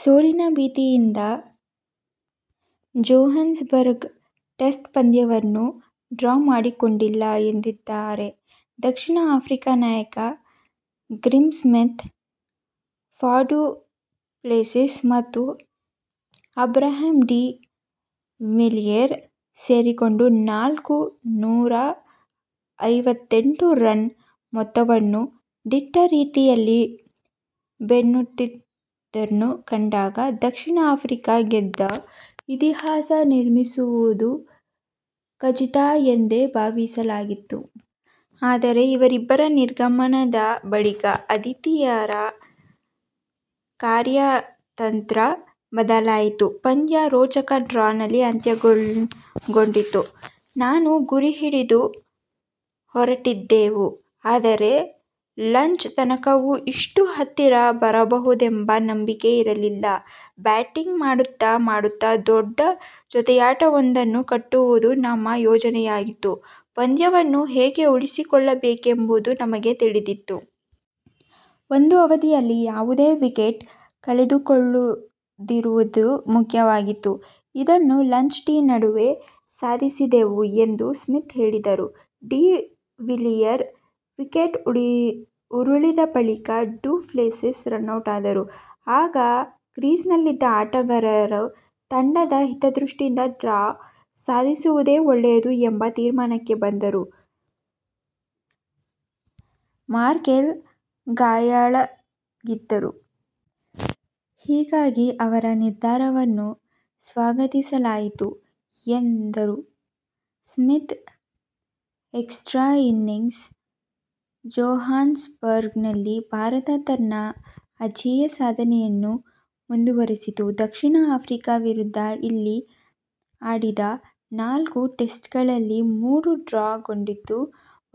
ಸೋಲಿನ ಭೀತಿಯಿಂದ Johannesburg test ಪಂದ್ಯವನ್ನು ಡ್ರಾ ಮಾಡಿಕೊಂಡಿಲ್ಲ ಎಂದಿದ್ದಾರೆ ದಕ್ಷಿಣ ಆಫ್ರಿಕಾ ನಾಯಕ ಗ್ರೇಮ್ ಸ್ಮಿತ್. ಫಾಡು ಪ್ಲೆಸಿಸ್ ಮತ್ತು ಅಬ್ರಹಾಂ ಡಿ ವಿಲಿಯರ್ ಸೇರಿಕೊಂಡು ನಾಲ್ಕು ನೂರಾ ಐವತ್ತಎಂಟು ರನ್ ಮೊತ್ತವನ್ನು ದಿಟ್ಟ ರೀತಿಯಲ್ಲಿ ಬೆನ್ನಟ್ಟುತ್ತಿದ್ದುದನ್ನು ಕಂಡಾಗ ದಕ್ಷಿಣ ಆಫ್ರಿಕಾ ಗೆದ್ದು ಇತಿಹಾಸ ನಿರ್ಮಿಸುವುದು ಖಚಿತ ಎಂದೇ ಭಾವಿಸಲಾಗಿತ್ತು. ಆದರೆ ಇವರಿಬ್ಬರ ನಿರ್ಗಮನದ ಬಳಿಕ ಆತಿಥೇಯರ ಕಾರ್ಯತಂತ್ರ ಬದಲಾಯಿತು. ಪಂದ್ಯ ರೋಚಕ ಡ್ರಾದಲ್ಲಿ ಅಂತ್ಯಗೊಂಡಿತು. ನಾನು ಗುರಿ ಹಿಡಿದು ಹೊರಟಿದ್ದೆವು. ಆದರೆ ಲಂಚ್ ತನಕವೂ ಇಷ್ಟು ಹತ್ತಿರ ಬರಬಹುದೆಂಬ ನಂಬಿಕೆ ಇರಲಿಲ್ಲ. ಬ್ಯಾಟಿಂಗ್ ಮಾಡುತ್ತ ಮಾಡುತ್ತ ದೊಡ್ಡ ಜತೆಯಾಟವೊಂದನ್ನು ಕಟ್ಟುವುದು ನಮ್ಮ ಯೋಜನೆಯಾಗಿತ್ತು. ಪಂದ್ಯವನ್ನು ಹೇಗೆ ಉಳಿಸಿಕೊಳ್ಳಬೇಕೆಂಬುದು ನಮಗೆ ತಿಳಿದಿತ್ತು. ಒಂದು ಅವಧಿಯಲ್ಲಿ ಯಾವುದೇ ವಿಕೆಟ್ ಕಳೆದುಕೊಳ್ಳದಿರುವುದು ಮುಖ್ಯವಾಗಿತ್ತು. ಇದನ್ನು ಲಂಚ್-ಟೀ ನಡುವೆ ಸಾಧಿಸಿದೆವು ಎಂದು ಸ್ಮಿತ್ ಹೇಳಿದರು. ಡಿ ವಿಲಿಯರ್ ವಿಕೆಟ್ ಉರುಳಿದ ಬಳಿಕ ಡು ಪ್ಲೆಸಿಸ್ ರನೌಟಾದರು. ಆಗ ಕ್ರೀಸ್ನಲ್ಲಿದ್ದ ಆಟಗಾರರು ತಂಡದ ಹಿತದೃಷ್ಟಿಯಿಂದ ಡ್ರಾ ಸಾಧಿಸುವುದೇ ಒಳ್ಳೆಯದು ಎಂಬ ತೀರ್ಮಾನಕ್ಕೆ ಬಂದರು. ಮಾರ್ಕೆಲ್ ಗಾಯಾಳಾಗಿದ್ದರು. ಹೀಗಾಗಿ ಅವರ ನಿರ್ಧಾರವನ್ನು ಸ್ವಾಗತಿಸಲಾಯಿತು ಎಂದರು ಸ್ಮಿತ್. ಎಕ್ಸ್ಟ್ರಾ ಇನ್ನಿಂಗ್ಸ್ ಜೊಹಾನ್ಸ್ಬರ್ಗ್ನಲ್ಲಿ ಭಾರತ ತನ್ನ ಅಜೇಯ ಸಾಧನೆಯನ್ನು ಮುಂದುವರಿಸಿತು. ದಕ್ಷಿಣ ಆಫ್ರಿಕಾ ವಿರುದ್ಧ ಇಲ್ಲಿ ಆಡಿದ ನಾಲ್ಕು ಟೆಸ್ಟ್ಗಳಲ್ಲಿ ಮೂರು ಡ್ರಾಗೊಂಡಿದ್ದು,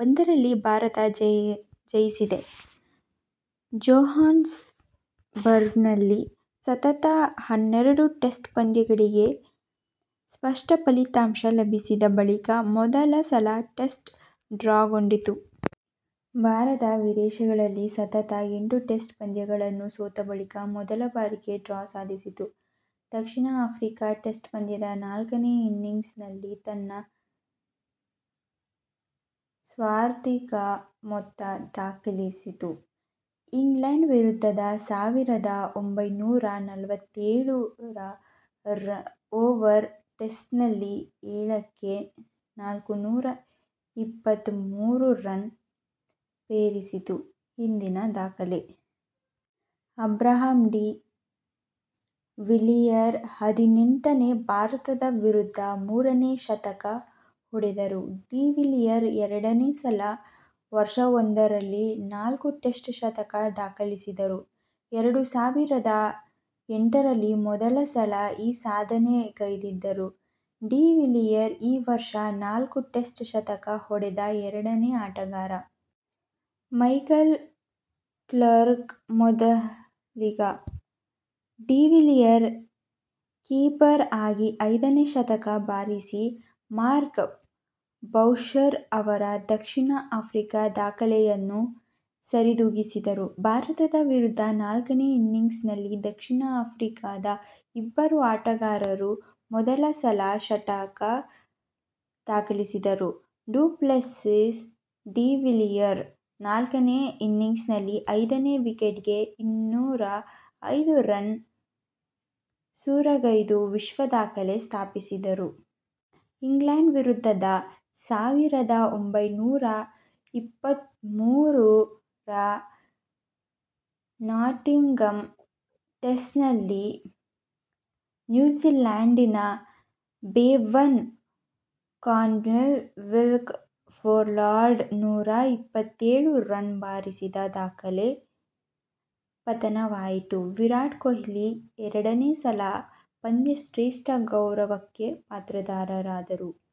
ಒಂದರಲ್ಲಿ ಭಾರತ ಜಯಿಸಿದೆ. ಜೊಹಾನ್ಸ್ಬರ್ಗ್ನಲ್ಲಿ ಸತತ ಹನ್ನೆರಡು ಟೆಸ್ಟ್ ಪಂದ್ಯಗಳಿಗೆ ಸ್ಪಷ್ಟ ಫಲಿತಾಂಶ ಲಭಿಸಿದ ಬಳಿಕ ಮೊದಲ ಸಲ ಟೆಸ್ಟ್ ಡ್ರಾಗೊಂಡಿತು. ಭಾರತ ವಿದೇಶಗಳಲ್ಲಿ ಸತತ ಎಂಟು ಟೆಸ್ಟ್ ಪಂದ್ಯಗಳನ್ನು ಸೋತ ಬಳಿಕ ಮೊದಲ ಬಾರಿಗೆ ಡ್ರಾ ಸಾಧಿಸಿತು. ದಕ್ಷಿಣ ಆಫ್ರಿಕಾ ಟೆಸ್ಟ್ ಪಂದ್ಯದ ನಾಲ್ಕನೇ ಇನ್ನಿಂಗ್ಸ್ನಲ್ಲಿ ತನ್ನ ಸರ್ವಾಧಿಕ ಮೊತ್ತ ದಾಖಲಿಸಿತು. ಇಂಗ್ಲಂಡ್ ವಿರುದ್ಧದ ಸಾವಿರದ ಒಂಬೈನೂರ ನಲವತ್ತೇಳು ರ ಓವಲ್ ಟೆಸ್ಟ್ನಲ್ಲಿ ಏಳಕ್ಕೆ ನಾಲ್ಕುನೂರ ಇಪ್ಪತ್ತಮೂರು ರನ್ ಪೇರಿಸಿದ್ದು ಹಿಂದಿನ ದಾಖಲೆ. ಅಬ್ರಹಾಂ ಡಿ''ವಿಲಿಯರ್ ಹದಿನೆಂಟನೇ, ಭಾರತದ ವಿರುದ್ಧ ಮೂರನೇ ಶತಕ ಹೊಡೆದರು. ಡಿ''ವಿಲಿಯರ್ ಎರಡನೇ ಸಲ ವರ್ಷವೊಂದರಲ್ಲಿ ನಾಲ್ಕು ಟೆಸ್ಟ್ ಶತಕ ದಾಖಲಿಸಿದರು. ಎರಡು ಸಾವಿರದ ಎಂಟರಲ್ಲಿ ಮೊದಲ ಸಲ ಈ ಸಾಧನೆಗೈದಿದ್ದರು. ಡಿ ವಿಲಿಯರ್ ಈ ವರ್ಷ ನಾಲ್ಕು ಟೆಸ್ಟ್ ಶತಕ ಹೊಡೆದ ಎರಡನೇ ಆಟಗಾರ. ಮೈಕಲ್ ಕ್ಲಾರ್ಕ್ ಮೊದಲಿಗ. ಡಿವಿಲಿಯರ್ ಕೀಪರ್ ಆಗಿ ಐದನೇ ಶತಕ ಬಾರಿಸಿ ಮಾರ್ಕ್ ಬೌಷರ್ ಅವರ ದಕ್ಷಿಣ ಆಫ್ರಿಕಾ ದಾಖಲೆಯನ್ನು ಸರಿದೂಗಿಸಿದರು. ಭಾರತದ ವಿರುದ್ಧ ನಾಲ್ಕನೇ ಇನ್ನಿಂಗ್ಸ್ನಲ್ಲಿ ದಕ್ಷಿಣ ಆಫ್ರಿಕಾದ ಇಬ್ಬರು ಆಟಗಾರರು ಮೊದಲ ಸಲ ಶತಕ ದಾಖಲಿಸಿದರು. ಡು ಪ್ಲೆಸಿಸ್-ಡಿ ವಿಲಿಯರ್ ನಾಲ್ಕನೇ ಇನ್ನಿಂಗ್ಸ್ನಲ್ಲಿ ಐದನೇ ವಿಕೆಟಿಗೆ ಇನ್ನೂರ ಐದು ರನ್ ಸೂರೆಗೈದು ವಿಶ್ವದಾಖಲೆ ಸ್ಥಾಪಿಸಿದರು. ಇಂಗ್ಲಂಡ್ ವಿರುದ್ಧದ ಸಾವಿರದ ಒಂಬೈನೂರ ಎಪ್ಪತ್ಮೂರು ರ ನಾಟಿಂಗಂ ಟೆಸ್ಟ್ನಲ್ಲಿ ನ್ಯೂಜೀಲ್ಯಾಂಡಿನ ಬೆವನ್ ಕಾಂಗ್ಡನ್-ವಿಕ್ ಪೊಲಾರ್ಡ್ ನೊರಾ ಎಪ್ಪತ್ತೇಳು ರನ್ ಬಾರಿಸಿದ ದಾಖಲೆ ಪತನವಾಯಿತು. ವಿರಾಟ್ ಕೊಹ್ಲಿ ಎರಡನೇ ಸಲ ಪಂದ್ಯಶ್ರೇಷ್ಠ ಗೌರವಕ್ಕೆ ಪಾತ್ರರಾದರು.